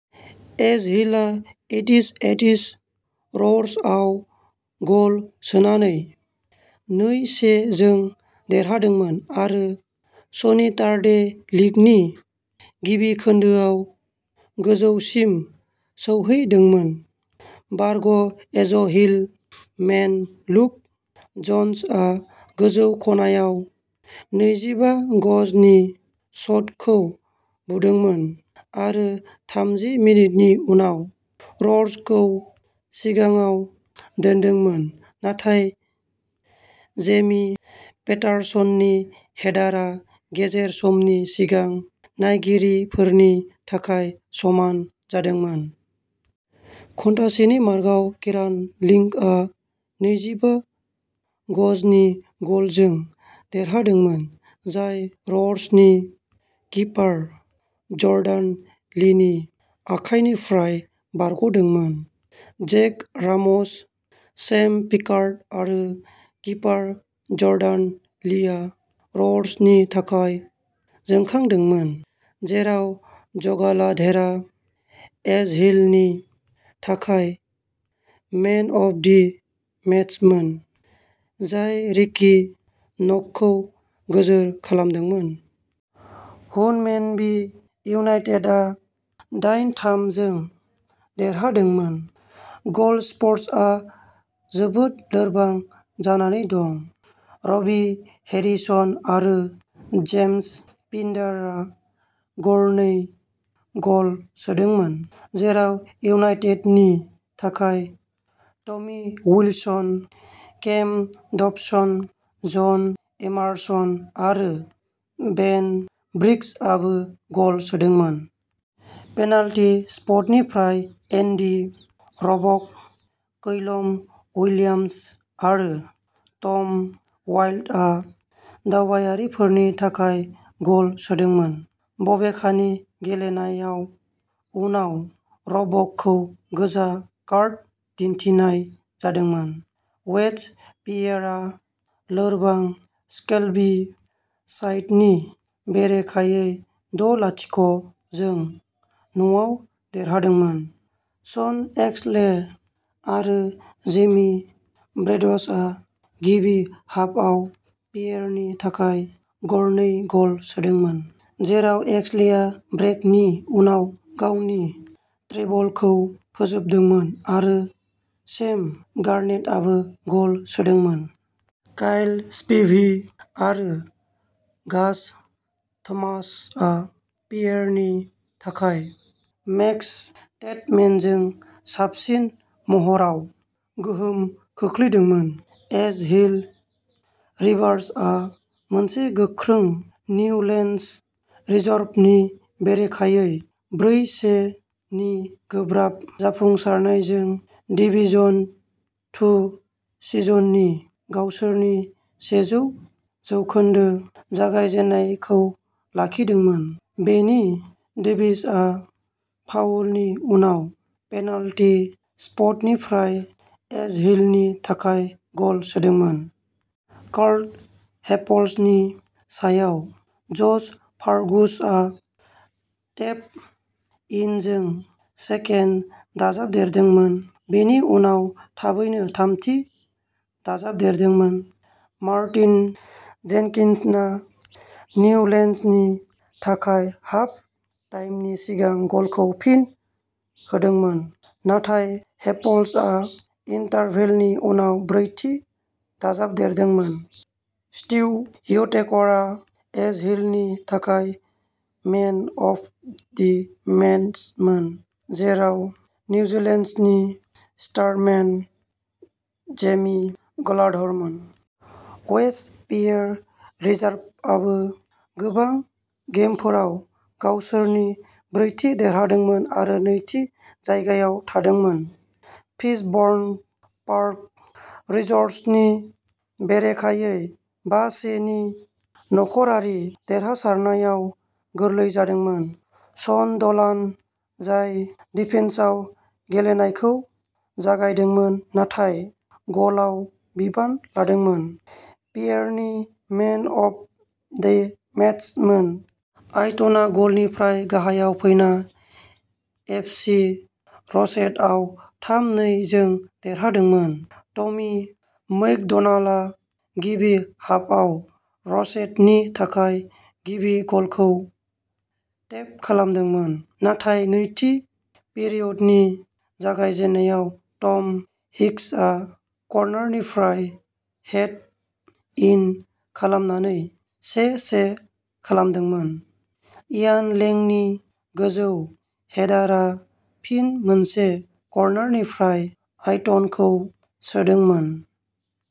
एजहिलआ इटिस इटिस र'वर्सआव गल सोनानै नै-से जों देरहादोंमोन आरो सनिटारडे लिगनि गिबि खोन्दोआव गोजौसिम सौहैदोंमोन। बारग' एजहिल मेन लुक जन्सआ गोजौ खनायाव नैजिबा गजनि शटखौ बुदोंमोन आरो थामजि मिनिटनि उनाव र'वर्सखौ सिगाङाव दोनदोंमोन नाथाय जेमि पेटारसननि हेडारआ गेजेर समनि सिगां नायगिरिफोरनि थाखाय समान जादोंमोन। घन्टासेनि मार्कआव किरान लिंकआ नैजिबा गजनि गलजों देरहादोंमोन जाय र'वर्सनि किपार जर्डान लीनि आखायनिफ्राय बारग'दोंमोन। जेक राम'स, सेम पिकार्ड आरो किपार जर्डान लीआ र'वर्सनि थाखाय जोंखांदोंमोन, जेराव ज'गालाघेरा एजहिलनि थाखाय मेन अफ दि मेचमोन, जाय रिकी नकखौ गोजोर खालामदोंमोन। हुनमेनबी इउनाइटेडआ दाइन-थाम जों देरहादोंमोन। गल स्पर्टसआ जोबोद लोरबां जानानै दं। रबि हेरिसन आरो जेम्स पिन्डारा गरनै गल सोदोंमोन, जेराव इउनाइटेडनि थाखाय Tommy Wilson, Cam Dobson, John Emerson आरो बेन ब्रिग्सआबो गल सोदोंमोन। पेनाल्टी स्पटनिफ्राय एन्डी र'बक, कैलम विलियम्स आरो टम वाइल्डआ दावबायारिफोरनि थाखाय गल सोदोंमोन, बबेखानि गेलेनायाव उनाव र'बकखौ गोजा कार्ड दिन्थिनाय जादोंमोन। वेस्ट पियेरआ लोरबां स्केल्बी साइडनि बेरेखायै द'-लाथिख' जों न'आव देरहादोंमोन। शन एक्सले आरो जेमी ब्रेडश'आ गिबि हाफआव पियेरनि थाखाय गरनै गल सोदोंमोन, जेराव एक्सलेआ ब्रेकनि उनाव गावनि ट्रेबलखौ फोजोबदोंमोन आरो सेम गार्नेटआबो गल सोदोंमोन। काइल स्पिभि आरो गाज थमासआ पियेरनि थाखाय मेक्स टेडमेनजों साबसिन महराव गोहोम खोख्लैदोंमोन। एजहिल रिजार्भआ मोनसे गोख्रों निउलेन्डस रिजर्वनि बेरेखायै ब्रै-से नि गोब्राब जाफुंसारनायजों डिवीजन टू सिजननि गावसोरनि सेजौ जौखोनदो जागायजेन्नायखौ लाखिदोंमोन। बेनि डेभिसआ फाउलनि उनाव पेनाल्टी स्पटनिफ्राय एजहिलनि थाखाय गल सोदोंमोन। कार्ल हेपल्सनि सायाव, जश फार्गुसआ टेप इनजों सेकेन्ड दाजाबदेरदोंमोन, बेनि उनाव थाबैनो थामथि दाजाबदेरदोंमोन। मार्टिन जेनकिन्सना निउलेन्डसनि थाखाय हाफ टाइमनि सिगां गलखौ फिन बोदोंमोन, नाथाय हेपल्सआ इन्टारभेलनि उनाव ब्रैथि दाजाबदेरदोंमोन। स्टीव व्हिटेकरआ एजहिलनि थाखाय मेन अफ दि मेचमोन, जेराव न्यूलैंड्सनि स्टार मेन जेमी गालाघरमोन। वेस्ट पियेर रिजार्भ्सआबो गोबां गेमफोराव गावसोरनि ब्रैथि देरहादोंमोन आरो नैथि जायगायाव थादोंमोन, फिशबर्न पार्क रिजर्व्सनि बेरेखायै बा-से नि न'खरारि देरहासारनायाव गोरलै जादोंमोन। शन ड'लान, जाय डिफेन्सआव गेलेनायखौ जागायदोंमोन नाथाय गलआव बिबान लादोंमोन, पियेरनि मेन अफ दि मेचमोन। आयटनआ गलनिफ्राय गाहायाव फैना एफसि र'सेटआव थाम-नै जों देरहादोंमोन। टमी मैकड'नाल्डआ गिबि हाफआव र'सेटनि थाखाय गिबि गलखौ टेप खालामदोंमोन, नाथाय नैथि पिरियडनि जागायजेन्नायाव टम हिक्सआ कर्नारनिफ्राय हेद इन खालामनानै से-से खालामदोंमोन। इयान लेंनि गोजौ हेडारआ, फिन मोनसे कर्नारनिफ्राय, आयटनखौ सोदोंमोन।